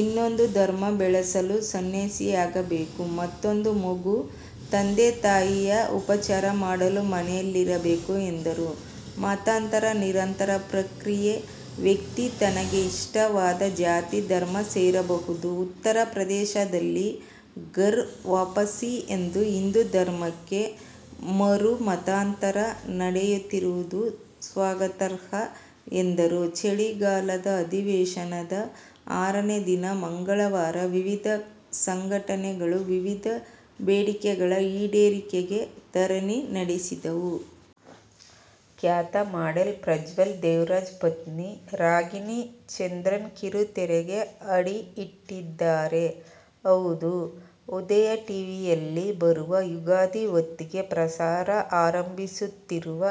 ಇನ್ನೊಂದು ಧರ್ಮ ಬೆಳೆಸಲು ಸನ್ಯಾಸಿಯಾಗಬೇಕು. ಮತ್ತೂಂದು ಮಗು ತಂದೆ-ತಾಯಿಯ ಉಪಚಾರ ಮಾಡಲು ಮನೆಯಲ್ಲಿರಬೇಕು ಎಂದರು. ಮತಾಂತರ ನಿರಂತರ ಪ್ರಕ್ರಿಯೆ. ವ್ಯಕ್ತಿ ತನಗೆ ಇಷ್ಟವಾದ, ಜಾತಿ- ಧರ್ಮ ಸೇರಬಹುದು. ಉತ್ತರಪ್ರದೇಶದಲ್ಲಿ ಘರ್ ವಾಪಸಿ ಎಂದು ಹಿಂದೂ ಧರ್ಮಕ್ಕೆ ಮರುಮತಾಂತರ ನಡೆಯುತ್ತಿರುವುದು ಸ್ವಾಗತಾರ್ಹ ಎಂದರು. ಚಳಿಗಾಲದ ಅಧಿವೇಶನದ ಆರನೇ ದಿನ ಮಂಗಳವಾರ ವಿವಿಧ ಸಂಘಟನೆಗಳು ವಿವಿಧ ಬೇಡಿಕೆಗಳ ಈಡೇರಿಕೆಗೆ ಧರಣಿ ನಡೆಸಿದವು. ಖ್ಯಾತ ಮಾಡೆಲ್, ಪ್ರಜ್ವಲ್ ದೇವರಾಜ್ ಪತ್ನಿ ರಾಗಿಣಿ ಚಂದ್ರನ್ ಕಿರುತೆರೆಗೆ ಅಡಿ ಇಟ್ಟಿದ್ದಾರೆ. ಹೌದು, ಉದಯ ಟಿವಿಯಲ್ಲಿ ಬರುವ ಯುಗಾದಿ ಹೊತ್ತಿಗೆ ಪ್ರಸಾರ ಆರಂಭಿಸುತ್ತಿರುವ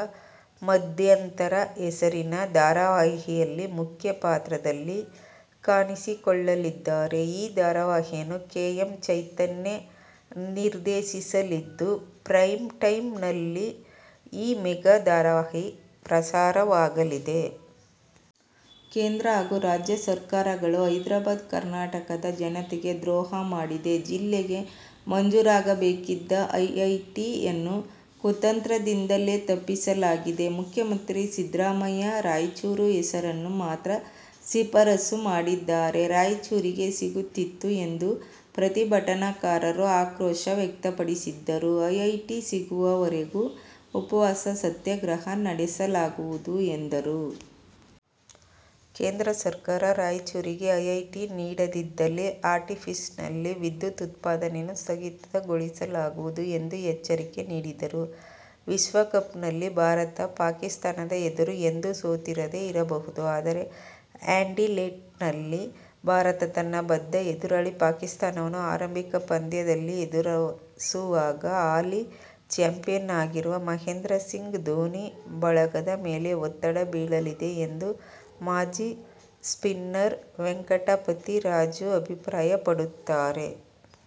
"ಮಧ್ಯಂತರ' ಹೆಸರಿನ ಧಾರಾವಾಹಿಯಲ್ಲಿ ಮುಖ್ಯ ಪಾತ್ರದಲ್ಲಿ ಕಾಣಿಸಿಕೊಳ್ಳಲಿದ್ದಾರೆ. ಈ ಧಾರಾವಾಹಿಯನ್ನು ಕೆ. ಎಂ. ಚೈತನ್ಯ ನಿರ್ದೇಶಿಸಲಿದ್ದು ಪ್ರೈಮ್ ಟೈಮ್ನಲ್ಲಿ ಈ ಮೆಗಾ ಧಾರಾವಾಹಿ ಪ್ರಸಾರವಾಗಲಿದೆ. ಕೇಂದ್ರ ಹಾಗೂ ರಾಜ್ಯ ಸರ್ಕಾರಗಳು ಹೈದ್ರಾಬಾದ್ ಕರ್ನಾಟಕದ ಜನತೆಗೆ ದ್ರೋಹ ಮಾಡಿವೆ. ಜಿಲ್ಲೆಗೆ ಮಂಜೂರಾಗಬೇಕಿದ್ದ ಐಐಟಿಯನ್ನು ಕುತಂತ್ರದಿಂದಲೇ ತಪ್ಪಿಸಲಾಗಿದೆ. ಮುಖ್ಯಮಂತ್ರಿ ಸಿದ್ದರಾಮಯ್ಯ ರಾಯಚೂರು ಹೆಸರನ್ನು ಮಾತ್ರ ಶಿಫಾರಸು ಮಾಡಿದ್ದರೆ ರಾಯಚೂರಿಗೆ ಸಿಗುತ್ತಿತ್ತು ಎಂದು ಪ್ರತಿಭಟನಾಕಾರರು ಆಕ್ರೋಶ ವ್ಯಕ್ತಪಡಿಸಿದರು. ಐಐಟಿ ಸಿಗುವವರೆಗೂ ಉಪವಾಸ ಸತ್ಯಾಗ್ರಹ ನಡೆಸಲಾಗುವುದು ಎಂದರು. ಕೇಂದ್ರ ಸರ್ಕಾರ ರಾಯಚೂರಿಗೆ ಐಐಟಿ ನೀಡದಿದ್ದಲ್ಲಿ ಆರ್ಟಿಪಿಎಸ್ನಲ್ಲಿ ವಿದ್ಯುತ್ ಉತ್ಪಾದನೆಯನ್ನು ಸ್ಥಗಿತಗೊಳಿಸಲಾಗುವುದು ಎಂದು ಎಚ್ಚರಿಕೆ ನೀಡಿದರು. ವಿಶ್ವಕಪ್ನಲ್ಲಿ ಭಾರತ ಪಾಕಿಸ್ಥಾನದ ಎದುರು ಎಂದೂ ಸೋತಿರದೆ ಇರಬಹುದು. ಆದರೆ ಆ್ಯಡಿಲೇಡ್ನಲ್ಲಿ ಭಾರತ ತನ್ನ ಬದ್ಧ ಎದುರಾಳಿ ಪಾಕಿಸ್ಥಾನವನ್ನು ಆರಂಭಿಕ ಪಂದ್ಯದಲ್ಲಿ ಎದುರಿಸುವಾಗ ಹಾಲಿ ಚಾಂಪಿಯನ್ ಆಗಿರುವ ಮಹೇಂದ್ರ ಸಿಂಗ್ ಧೋನಿ ಬಳಗದ ಮೇಲೆ ಒತ್ತಡ ಬೀಳಲಿದೆ ಎಂದು ಮಾಜಿ ಸ್ಪಿನ್ನರ್ ವೆಂಕಟಪತಿ ರಾಜು ಅಭಿಪ್ರಾಯಪಡುತ್ತಾರೆ.